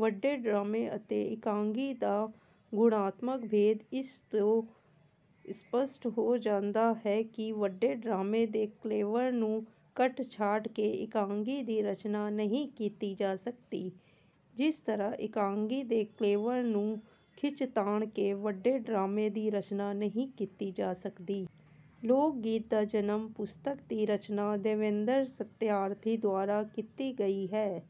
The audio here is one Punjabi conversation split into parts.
ਵੱਡੇ ਡਰਾਮੇ ਅਤੇ ਇਕਾਂਗੀ ਦਾ ਗੁਣਾਤਮਕ ਭੇਦ ਇਸ ਤੋਂ ਸਪੱਸ਼ਟ ਹੋ ਜਾਂਦਾ ਹੈ ਕਿ ਵੱਡੇ ਡਰਾਮੇ ਦੇ ਕਲੇਵਰ ਨੂੰ ਕੱਟ ਛਾਂਟ ਕੇ ਇਕਾਂਗੀ ਦੀ ਰਚਨਾ ਨਹੀਂ ਕੀਤੀ ਜਾ ਸਕਦੀ, ਜਿਸ ਤਰ੍ਹਾਂ ਇਕਾਂਗੀ ਦੇ ਕਲੇਵਰ ਨੂੰ ਖਿੱਚ ਤਾਣ ਕੇ ਵੱਡੇ ਡਰਾਮੇ ਦੀ ਰਚਨਾ ਨਹੀਂ ਕੀਤੀ ਜਾ ਸਕਦੀ। ਲੋਕ ਗੀਤ ਦਾ ਜਨਮ ਪੁਸਤਕ ਦੀ ਰਚਨਾ ਦੇਵਿੰਦਰ ਸਤਿਆਰਥੀ ਦੁਆਰਾ ਕੀਤੀ ਗਈ ਹੈ।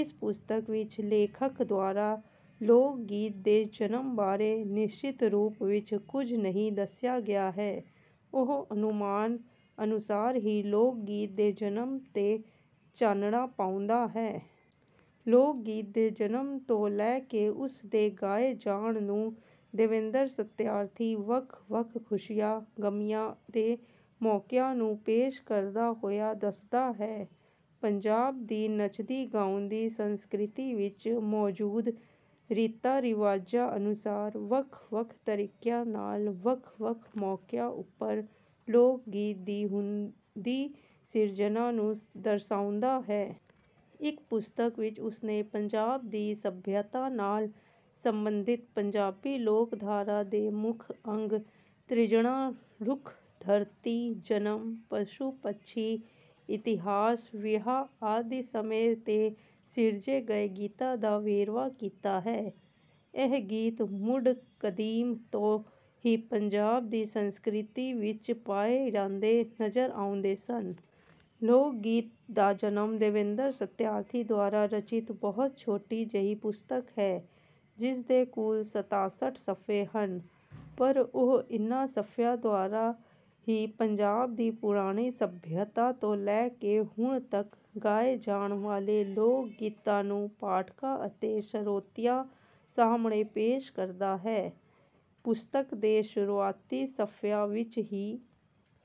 ਇਸ ਪੁਸਤਕ ਵਿੱਚ ਲੇਖਕ ਦੁਆਰਾ ਲੋਕ ਗੀਤ ਦੇ ਜਨਮ ਬਾਰੇ ਨਿਸਚਿਤ ਰੂਪ ਵਿੱਚ ਕੁਝ ਨਹੀਂ ਦੱਸਿਆ ਗਿਆ ਹੈ। ਉਹ ਅਨੁਮਾਨ ਅਨੁਸਾਰ ਹੀ ਲੋਕ ਗੀਤ ਦੇ ਜਨਮ ਤੇ ਚਾਨਣਾ ਪਾਉਂਦਾ ਹੈ। ਲੋਕ ਗੀਤ ਦੇ ਜਨਮ ਤੋਂ ਲੈ ਕੇ ਉਸ ਦੇ ਗਾਏ ਜਾਣ ਨੂੰ ਦੇਵਿੰਦਰ ਸਤਿਆਰਥੀ ਵੱਖ ਵੱਖ ਖੁਸ਼ੀਆਂ ਗਮੀਆਂ ਦੇ ਮੌਕਿਆਂ ਨੂੰ ਪੇਸ਼ ਕਰਦਾ ਹੋਇਆ ਦੱਸਦਾ ਹੈ। ਪੰਜਾਬ ਦੀ ਨੱਚਦੀ ਗਾਉਂਦੀ ਸੰਸਕ੍ਰਿਤੀ ਵਿੱਚ ਮੌਜੂਦ ਰੀਤਾਂ ਰਿਵਾਜਾਂ ਅਨੁਸਾਰ ਵੱਖ ਵੱਖ ਤਰੀਕਿਆਂ ਨਾਲ ਵੱਖ ਵੱਖ ਮੌਕਿਆਂ ਉੱਪਰ ਲੋਕ ਗੀਤ ਦੀ ਹੁੰਦੀ ਸਿਰਜਨਾ ਨੂੰ ਦਰਸਾਉਂਦਾ ਹੈ। ਇਸ ਪੁਸਤਕ ਵਿੱਚ ਉਸਨੇ ਪੰਜਾਬ ਦੀ ਸੱਭਿਅਤਾ ਨਾਲ ਸੰਬੰਧਿਤ ਪੰਜਾਬੀ ਲੋਕਧਾਰਾ ਦੇ ਮੁੱਖ ਅੰਗ ਤ੍ਰਿਜਣਾਂ, ਰੁੱਖ, ਧਰਤੀ, ਜਨਮ, ਪਸ਼ੂ ਪੰਛੀ, ਇਤਿਹਾਸ, ਵਿਆਹ ਆਦਿ ਸਮੇਂ ਤੇ ਸਿਰਜੇ ਗਏ ਗੀਤਾਂ ਦਾ ਵੇਰਵਾ ਕੀਤਾ ਹੈ। ਇਹ ਗੀਤ ਮੁੱਢ ਕਦੀਮ ਤੋਂ ਹੀ ਪੰਜਾਬ ਦੀ ਸੰਸਕ੍ਰਿਤੀ ਵਿੱਚ ਪਾਏ ਜਾਂਦੇ ਨਜ਼ਰ ਆਉਂਦੇ ਸਨ। "ਲੋਕ ਗੀਤ ਦਾ ਜਨਮ" ਦੇਵਿੰਦਰ ਸਤਿਆਰਥੀ ਦੁਆਰਾ ਰਚਿਤ ਬਹੁਤ ਛੋਟੀ ਜਿਹੀ ਪੁਸਤਕ ਹੈ, ਜਿਸ ਦੇ ਕੁੱਲ ਸੱਤਾਸਠ ਸਫ਼ੇ ਹਨ। ਪਰ ਉਹ ਇਨ੍ਹਾਂ ਸਫ਼ਿਆਂ ਦੁਆਰਾ ਹੀ ਪੰਜਾਬ ਦੀ ਪੁਰਾਣੀ ਸੱਭਿਅਤਾ ਤੋਂ ਲੈ ਕੇ ਹੁਣ ਤੱਕ ਗਾਏ ਜਾਣ ਵਾਲੇ ਲੋਕ ਗੀਤਾਂ ਨੂੰ ਪਾਠਕਾਂ ਅਤੇ ਸਰੋਤਿਆਂ ਸਾਹਮਣੇ ਪੇਸ਼ ਕਰਦਾ ਹੈ। ਪੁਸਤਕ ਦੇ ਸ਼ੁਰੂਆਤੀ ਸਫ਼ਿਆਂ ਵਿੱਚ ਹੀ